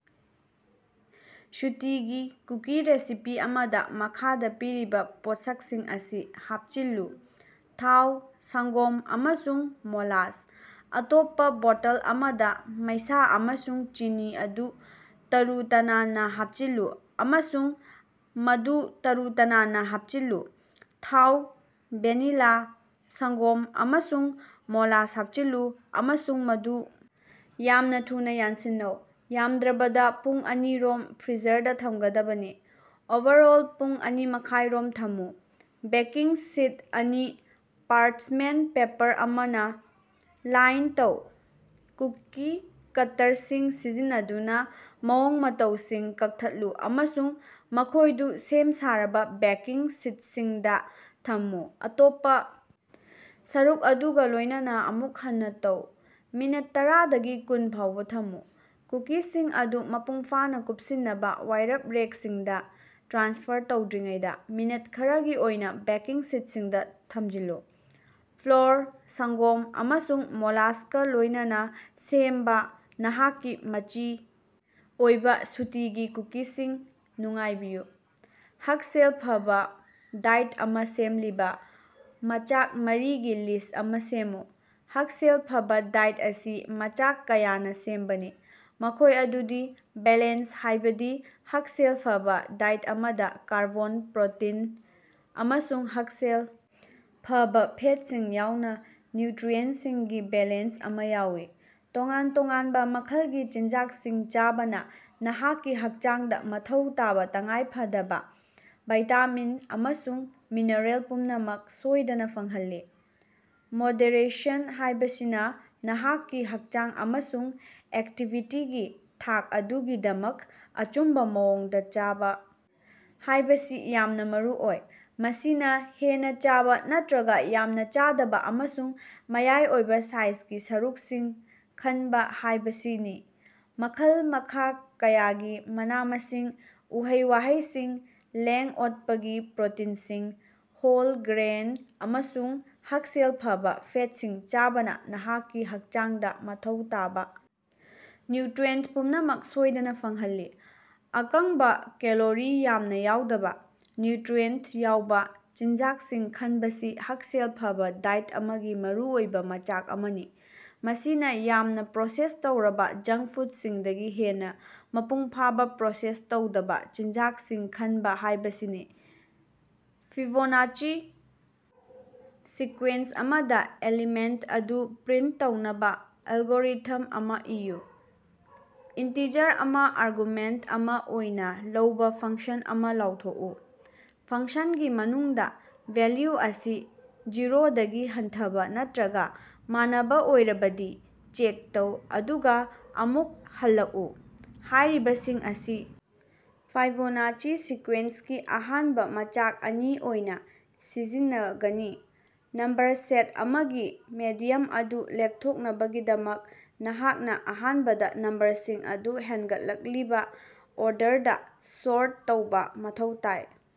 ꯁꯨꯇꯤꯒꯤ ꯀꯨꯀꯤ recipe ꯑꯃꯗꯥ ꯃꯈꯥꯗꯥ ꯄꯤꯔꯤꯕꯥ ꯄꯣꯠꯁꯛꯁꯤꯡ ꯑꯁꯤ ꯍꯥꯞꯆꯤꯜꯂꯨ: ꯊꯥꯎ, ꯁꯪꯒꯣꯝ, ꯑꯃꯁꯨꯡ ꯃꯣꯂꯥꯁ꯫ ꯑꯇꯣꯞꯄꯥ ꯕꯣꯇꯜ ꯑꯃꯗꯥ, ꯃꯩꯁꯥ ꯑꯃꯁꯨꯡ ꯆꯤꯅꯤ ꯑꯗꯨ ꯇꯔꯨ-ꯇꯅꯥꯟꯅꯥ ꯍꯥꯞꯆꯤꯜꯂꯨ ꯑꯃꯁꯨꯡ ꯃꯗꯨ ꯇꯔꯨ-ꯇꯅꯥꯟꯅꯥ ꯍꯥꯞꯆꯤꯜꯂꯨ꯫ ꯊꯥꯎ, ꯚꯦꯅꯤꯂꯥ, ꯁꯪꯒꯣꯝ, ꯑꯃꯁꯨꯡ ꯃꯣꯂꯥꯁ ꯍꯥꯞꯆꯤꯜꯂꯨ ꯑꯃꯁꯨꯡ ꯃꯗꯨ ꯌꯥꯝꯅꯥ ꯊꯨꯅꯥ ꯌꯥꯟꯁꯤꯟꯅꯧ꯫ ꯌꯥꯝꯗ꯭ꯔꯕꯗꯥ ꯄꯨꯡ ꯑꯅꯤ ꯔꯣꯝ ꯐ꯭ꯔꯤꯖꯔꯗꯥ ꯊꯝꯒꯗꯕꯅꯤ꯫ ꯑꯣꯚꯔꯑꯣꯜ ꯄꯨꯡ ꯑꯅꯤꯃꯈꯥꯏꯔꯣꯝ ꯊꯝꯃꯨ꯫ ꯕꯦꯀꯤꯡ ꯁꯤꯠ ꯑꯅꯤ ꯄꯥꯔꯆꯃꯦꯟ ꯄꯦꯄꯔ ꯑꯃꯅꯥ ꯂꯥꯏꯟ ꯇꯧ꯫ ꯀꯨꯀꯤ ꯀꯠꯇꯔꯁꯤꯡ ꯁꯤꯖꯤꯟꯅꯗꯨꯅꯥ ꯃꯑꯣꯡ-ꯃꯇꯧꯁꯤꯡ ꯀꯛꯊꯠꯂꯨ ꯑꯃꯁꯨꯡ ꯃꯈꯣꯏꯗꯨ ꯁꯦꯝ-ꯁꯥꯔꯕꯥ ꯕꯦꯀꯤꯡ ꯁꯤꯠꯁꯤꯡꯗꯥ ꯊꯝꯃꯨ꯫ ꯑꯇꯣꯞꯄꯥ ꯁꯔꯨꯛ ꯑꯗꯨꯒꯥ ꯂꯣꯏꯅꯅꯥ ꯑꯃꯨꯛ ꯍꯟꯅꯥ ꯇꯧ꯫ ꯃꯤꯅꯠ ꯇꯔꯥꯗꯒꯤ ꯀꯨꯟ ꯐꯥꯎꯕꯥ ꯊꯝꯃꯨ꯫ ꯀꯨꯀꯤꯁꯤꯡ ꯑꯗꯨ ꯃꯄꯨꯡꯐꯥꯅꯥ ꯀꯨꯞꯁꯤꯟꯅꯕꯥ ꯋꯥꯏꯔꯞ ꯔꯦꯛꯁꯤꯡꯗꯥ ꯇ꯭ꯔꯥꯟꯁꯐꯔ ꯇꯧꯗ꯭ꯔꯤꯉꯩꯗꯥ ꯃꯤꯅꯠ ꯈꯔꯒꯤ ꯑꯣꯏꯅꯥ ꯕꯦꯀꯤꯡ ꯁꯤꯠꯁꯤꯡꯗꯥ ꯊꯝꯖꯤꯜꯂꯨ꯫ ꯐ꯭ꯂꯣꯔ, ꯁꯪꯒꯣꯝ ꯑꯃꯁꯨꯡ ꯃꯣꯂꯥꯁꯀꯥ ꯂꯣꯏꯅꯅꯥ ꯁꯦꯝꯕꯥ ꯅꯍꯥꯛꯀꯤ ꯃꯆꯤ ꯑꯣꯏꯕꯥ ꯁꯨꯇꯤꯒꯤ ꯀꯨꯀꯤꯁꯤꯡ ꯅꯨꯡꯉꯥꯏꯕꯤꯌꯨ꯫ ꯍꯛꯁꯦꯜ ꯐꯕꯥ ꯗꯥꯏꯠ ꯑꯃꯥ ꯁꯦꯝꯂꯤꯕꯥ ꯃꯆꯥꯛ ꯃꯔꯤꯒꯤ ꯂꯤꯁ ꯑꯃꯥ ꯁꯦꯝꯃꯨ꯫ ꯍꯛꯁꯦꯜ ꯐꯕꯥ ꯗꯥꯏꯠ ꯑꯁꯤ ꯃꯆꯥꯛ ꯀꯌꯥꯅꯥ ꯁꯦꯝꯕꯅꯤ꯫ ꯃꯈꯣꯏ ꯑꯗꯨꯗꯤ ꯕꯦꯂꯦꯟꯁ ꯍꯥꯏꯕꯥꯗꯤ ꯍꯛꯁꯦꯜ ꯐꯕꯥ ꯗꯥꯏꯠ ꯑꯃꯗꯥ ꯀꯥꯔꯕꯣꯟ, ꯄ꯭ꯔꯣꯇꯤꯟ ꯑꯃꯁꯨꯡ ꯍꯛꯁꯦꯜ ꯐꯕꯥ ꯐꯦꯠꯁꯤꯡ ꯌꯥꯎꯅꯥ ꯅ꯭ꯌꯨꯇ꯭ꯔꯤꯑꯦꯟꯁꯤꯡꯒꯤ ꯕꯦꯂꯦꯟꯁ ꯑꯃꯥ ꯌꯥꯎꯏ꯫ ꯇꯣꯉꯥꯟ-ꯇꯣꯉꯥꯟꯕꯥ ꯃꯈꯜꯒꯤ ꯆꯤꯟꯖꯥꯛꯁꯤꯡ ꯆꯥꯕꯅꯥ ꯅꯍꯥꯛꯀꯤ ꯍꯛꯆꯥꯡꯗꯥ ꯃꯊꯧ ꯇꯥꯕꯥ ꯇꯉꯥꯏꯐꯗꯕꯥ ꯚꯤꯇꯥꯃꯤꯟ ꯑꯃꯁꯨꯡ ꯃꯤꯅꯔꯦꯜ ꯄꯨꯝꯅꯃꯛ ꯁꯣꯏꯗꯅꯥ ꯐꯪꯍꯜꯂꯤ꯫ ꯃꯣꯗꯦꯔꯦꯁꯟ ꯍꯥꯏꯕꯁꯤꯅ ꯅꯍꯥꯛꯀꯤ ꯍꯛꯆꯥꯡ ꯑꯃꯁꯨꯡ ꯑꯦꯛꯇꯤꯚꯤꯇꯤꯒꯤ ꯊꯥꯛ ꯑꯗꯨꯒꯤꯗꯃꯛ ꯑꯆꯨꯝꯕꯥ ꯃꯑꯣꯡꯗꯥ ꯆꯥꯕꯥ ꯍꯥꯏꯕꯁꯤ ꯌꯥꯝꯅꯥ ꯃꯔꯨꯑꯣꯏ꯫ ꯃꯁꯤꯅꯥ ꯍꯦꯟꯅꯥ ꯆꯥꯕꯥ ꯅꯠꯇ꯭ꯔꯒꯥ ꯌꯥꯝꯅꯥ ꯆꯥꯗꯕꯥ ꯑꯃꯁꯨꯡ ꯃꯌꯥꯏ ꯑꯣꯏꯕꯥ ꯁꯥꯏꯖꯒꯤ ꯁꯔꯨꯛꯁꯤꯡ ꯈꯟꯕ ꯍꯥꯏꯕꯁꯤꯅꯤ꯫ ꯃꯈꯜ-ꯃꯈꯥ ꯀꯌꯥꯒꯤ ꯃꯅꯥ-ꯃꯁꯤꯡ, ꯎꯍꯩ-ꯋꯥꯍꯩꯁꯤꯡ, ꯂꯦꯡ-ꯑꯣꯠꯄꯒꯤ ꯄ꯭ꯔꯣꯇꯤꯟꯁꯤꯡ, ꯍꯣꯜ ꯒ꯭ꯔꯦꯟ ꯑꯃꯁꯨꯡ ꯍꯛꯁꯦꯜ ꯐꯕꯥ ꯐꯦꯠꯁꯤꯡ ꯆꯥꯕꯅꯥ ꯅꯍꯥꯛꯀꯤ ꯍꯛꯆꯥꯡꯗꯥ ꯃꯊꯧ ꯇꯥꯕꯥ ꯅ꯭ꯌꯨꯇ꯭ꯔꯤꯑꯦꯟ ꯄꯨꯝꯅꯃꯛ ꯁꯣꯏꯗꯅꯥ ꯐꯪꯍꯜꯂꯤ꯫ ꯑꯀꯪꯕꯥ ꯀꯦꯂꯣꯔꯤ ꯌꯥꯝꯅꯥ ꯌꯥꯎꯗꯅꯥ, ꯅ꯭ꯌꯨꯇ꯭ꯔꯤꯑꯦꯟꯇ ꯌꯥꯎꯕꯥ ꯆꯤꯟꯖꯥꯛꯁꯤꯡ ꯈꯟꯕꯁꯤ ꯍꯛꯁꯦꯜ ꯐꯕꯥ ꯗꯥꯏꯠ ꯑꯃꯒꯤ ꯃꯔꯨꯑꯣꯏꯕꯥ ꯃꯆꯥꯛ ꯑꯃꯅꯤ꯫ ꯃꯁꯤꯅꯥ ꯌꯥꯝꯅꯥ ꯄ꯭ꯔꯣꯁꯦꯁ ꯇꯧꯔꯕꯥ ꯖꯪꯡ ꯐꯨꯠꯁꯤꯡꯗꯒꯤ ꯍꯦꯟꯅꯥ ꯃꯄꯨꯡꯐꯥꯕꯥ, ꯄ꯭ꯔꯣꯁꯦꯁ ꯇꯧꯗꯕꯥ ꯆꯤꯟꯖꯥꯛꯁꯤꯡ ꯈꯟꯕꯥ ꯍꯥꯏꯕꯁꯤꯅꯤ꯫ ꯐꯤꯕꯣꯅꯥꯆꯤ ꯁꯤꯛꯀ꯭ꯋꯦꯟꯁ ꯑꯃꯗꯥ ꯑꯦꯂꯤꯃꯦꯟꯇ ꯑꯗꯨ ꯄ꯭ꯔꯤꯟꯇ ꯇꯧꯅꯕꯥ ꯑꯦꯜꯒꯣꯔꯤꯊꯝ ꯑꯃꯥ ꯏꯌꯨ꯫ ꯏꯟꯇꯤꯖꯔ ꯑꯃꯥ ꯑꯥꯔꯒꯨꯃꯦꯟꯇ ꯑꯃꯥ ꯑꯣꯏꯅꯥ ꯂꯧꯕꯥ ꯐꯪꯁꯟ ꯑꯃꯥ ꯂꯥꯎꯊꯣꯛꯎ꯫ꯐꯪꯁꯟꯒꯤ ꯃꯅꯨꯡꯗꯥ ꯚꯦꯜꯂꯨ ꯑꯁꯤ ꯖꯤꯔꯣꯗꯒꯤ ꯍꯟꯊꯕꯥ ꯅꯠꯇ꯭ꯔꯒꯥ ꯃꯥꯟꯅꯕꯥ ꯑꯣꯏꯔꯕꯗꯤ ꯆꯦꯛ ꯇꯧ ꯑꯗꯨꯒ ꯑꯃꯨꯛ ꯍꯜꯂꯛꯎ꯫ ꯍꯥꯏꯔꯤꯕꯁꯤꯡ ꯑꯁꯤ ꯐꯥꯏꯕꯣꯅꯥꯆꯤ ꯁꯤꯛꯀ꯭ꯋꯦꯟꯁꯀꯤ ꯑꯍꯥꯟꯕꯥ ꯃꯆꯥꯛ ꯑꯅꯤ ꯑꯣꯏꯅꯥ ꯁꯤꯖꯤꯟꯅꯒꯅꯤ꯫ ꯅꯝꯕꯔ ꯁꯦꯠ ꯑꯃꯒꯤ ꯃꯦꯗꯤꯌꯝ ꯑꯗꯨ ꯂꯦꯞꯊꯣꯛꯅꯕꯒꯤꯗꯃꯛ, ꯅꯍꯥꯛꯅꯥ ꯑꯍꯥꯟꯕꯗꯥ ꯅꯝꯕꯔꯁꯤꯡ ꯑꯗꯨ ꯍꯦꯟꯒꯠꯂꯛꯂꯤꯕꯥ ꯑꯣꯔꯗꯔꯗꯥ ꯁꯣꯔꯠ ꯇꯧꯕꯥ ꯃꯊꯧ ꯇꯥꯏ꯫